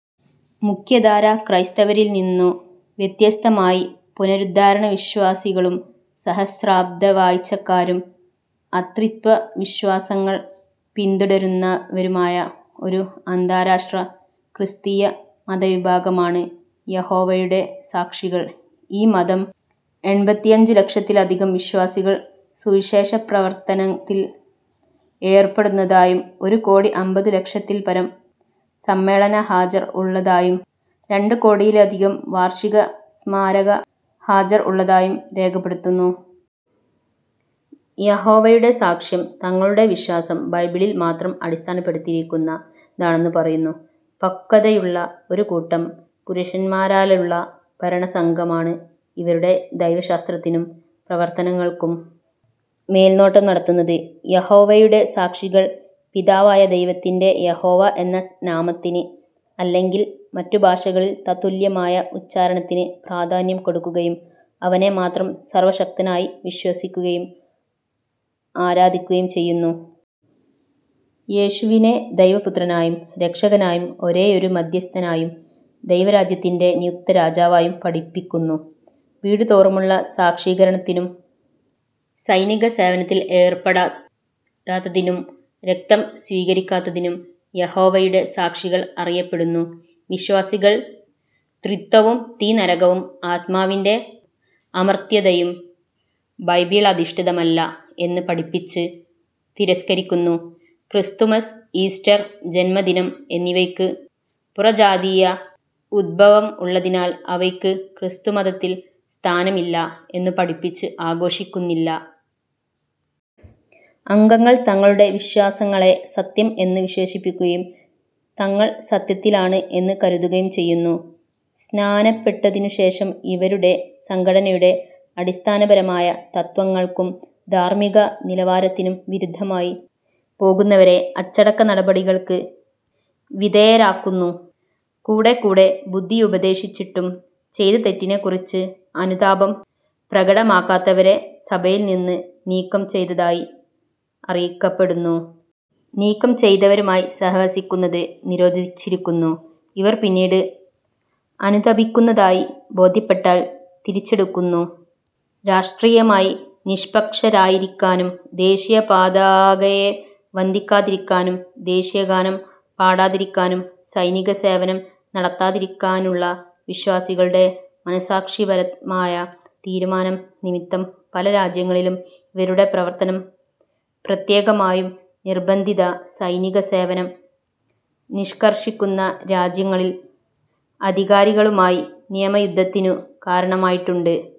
മുഖ്യധാരാക്രൈസ്തവരിൽ നിന്നു വ്യത്യസ്തമായി പുനരുദ്ധാരണവിശ്വാസികളും, സഹസ്രാബ്ദവാഴ്ച്ചക്കാരും, അത്രിത്വവിശ്വാസങ്ങൾ പിന്തുടരുന്നവരുമായ ഒരു അന്താരാഷ്ട്ര ക്രിസ്തീയ മതവിഭാഗമാണ് യഹോവയുടെ സാക്ഷികൾ. ഈ മതം എണ്പത്തിയഞ്ച് ലക്ഷത്തിലധികം വിശ്വാസികൾ സുവിശേഷപ്രവർത്തനത്തിൽ ഏർപ്പെടുന്നതായും, ഒരു കോടി അമ്പതു ലക്ഷത്തിൽപരം സമ്മേളനഹാജർ ഉള്ളതായും രണ്ട് കോടിയിൽ അധികം വാർഷിക സ്മാരക ഹാജർ ഉള്ളതായും രേഖപ്പെടുത്തുന്നു. യഹോവയുടെ സാക്ഷികൾ തങ്ങളുടെ വിശ്വാസം ബൈബിളിൽ മാത്രം അടിസ്ഥാനപ്പെടുത്തിയിരിക്കുന്നതാണെന്ന് പറയുന്നു. പക്വതയുള്ള ഒരു കൂട്ടം പുരുഷന്മാരാലുള്ള ഭരണസംഘമാണ് ഇവരുടെ ദൈവശാസ്ത്രത്തിനും, പ്രവർത്തനങ്ങൾക്കും മേൽനോട്ടം നടത്തുന്നത് യഹോവയുടെ സാക്ഷികൾ പിതാവായ ദൈവത്തിന്റെ യഹോവ എന്ന നാമത്തിന്—അല്ലെങ്കിൽ മറ്റുഭാഷകളിൽ തത്തുല്യമായ ഉച്ചാരണത്തിന്—പ്രാധാന്യം കൊടുക്കുകയും അവനെ മാത്രം സർവ്വശക്തനായ് വിശ്വസിക്കുകയും ആരാധിക്കുകയും ചെയ്യുന്നു. യേശുവിനെ ദൈവപുത്രനായും, രക്ഷകനായും, ഒരേയൊരു മദ്ധ്യസ്ഥനായും, ദൈവരാജ്യത്തിന്റെ നിയുക്ത രാജാവായും പഠിപ്പിക്കുന്നു. വീടുതോറുമുള്ള സാക്ഷീകരണത്തിനും, സൈനിക സേവനത്തിൽ ഏർപ്പെടാത്തതിനും, രക്തം സ്വീകരിക്കാത്തതിനും യഹോവയുടെ സാക്ഷികൾ അറിയപ്പെടുന്നു. വിശ്വാസികൾ ത്രിത്വവും, തീ നരകവും, ആത്മാവിന്റെ അമർത്യതയും ബൈബിളധിഷ്ഠിതമല്ല എന്ന് പഠിപ്പിച്ച് തിരസ്കരിക്കുന്നു. ക്രിസ്തുമസ്, ഈസ്റ്റർ, ജന്മദിനം എന്നിവയ്ക്ക് പുറജാതീയ ഉദ്ഭവം ഉള്ളതിനാൽ അവയ്ക്ക് ക്രിസ്തുമതത്തിൽ സ്ഥാനമില്ല എന്നു പഠിപ്പിച്ച് ആഘോഷിക്കുന്നില്ല. അംഗങ്ങൾ തങ്ങളുടെ വിശ്വാസങ്ങളെ "സത്യം" എന്ന് വിശേഷിപ്പിക്കുകയും, തങ്ങൾ "സത്യത്തിലാണ്" എന്ന് കരുതുകയും ചെയ്യുന്നു. സ്നാനപ്പെട്ടതിനു ശേഷം ഇവരുടെ സംഘടനയുടെ അടിസ്ഥാനപരമായ തത്ത്വങ്ങൾക്കും, ധാർമ്മിക നിലവാരത്തിനും വിരുദ്ധമായി പോകുന്നവരെ അച്ചടക്ക നടപടികൾക്ക് വിധേയരാക്കുന്നു. കൂടെക്കൂടെ ബുദ്ധിയുപദേശിച്ചിട്ടും ചെയ്ത തെറ്റിനെക്കുറിച്ച് അനുതാപം പ്രകടമാക്കാത്തവരെ സഭയിൽ നിന്ന് നീക്കം ചെയ്തതായി അറിയിക്കപ്പെടുന്നു. നീക്കം ചെയ്തവരുമായി സഹവസിക്കുന്നത് നിരോധിച്ചിരിക്കുന്നു. ഇവർ പിന്നീട് അനുതപിക്കുന്നതായി ബോധ്യപ്പെട്ടാൽ തിരിച്ചെടുക്കുന്നു. രാഷ്ട്രീയമായി നിഷ്പക്ഷരായിരിക്കാനും, ദേശീയപതാകയെ വന്ദിക്കാതിരിക്കാനും, ദേശീയഗാനം പാടാതിരിക്കാനും, സൈനിക സേവനം നടത്താതിരിക്കാനുള്ള വിശ്വാസികളുടെ മനസാക്ഷിപരമായ തീരുമാനം നിമിത്തം പല രാജ്യങ്ങളിലും ഇവരുടെ പ്രവർത്തനം, പ്രത്യേകമായും നിർബന്ധിത സൈനിക സേവനം നിഷ്കർഷിക്കുന്ന രാജ്യങ്ങളിൽ അധികാരികളുമായി നിയമയുദ്ധത്തിനു കാരണമായിട്ടുണ്ട്.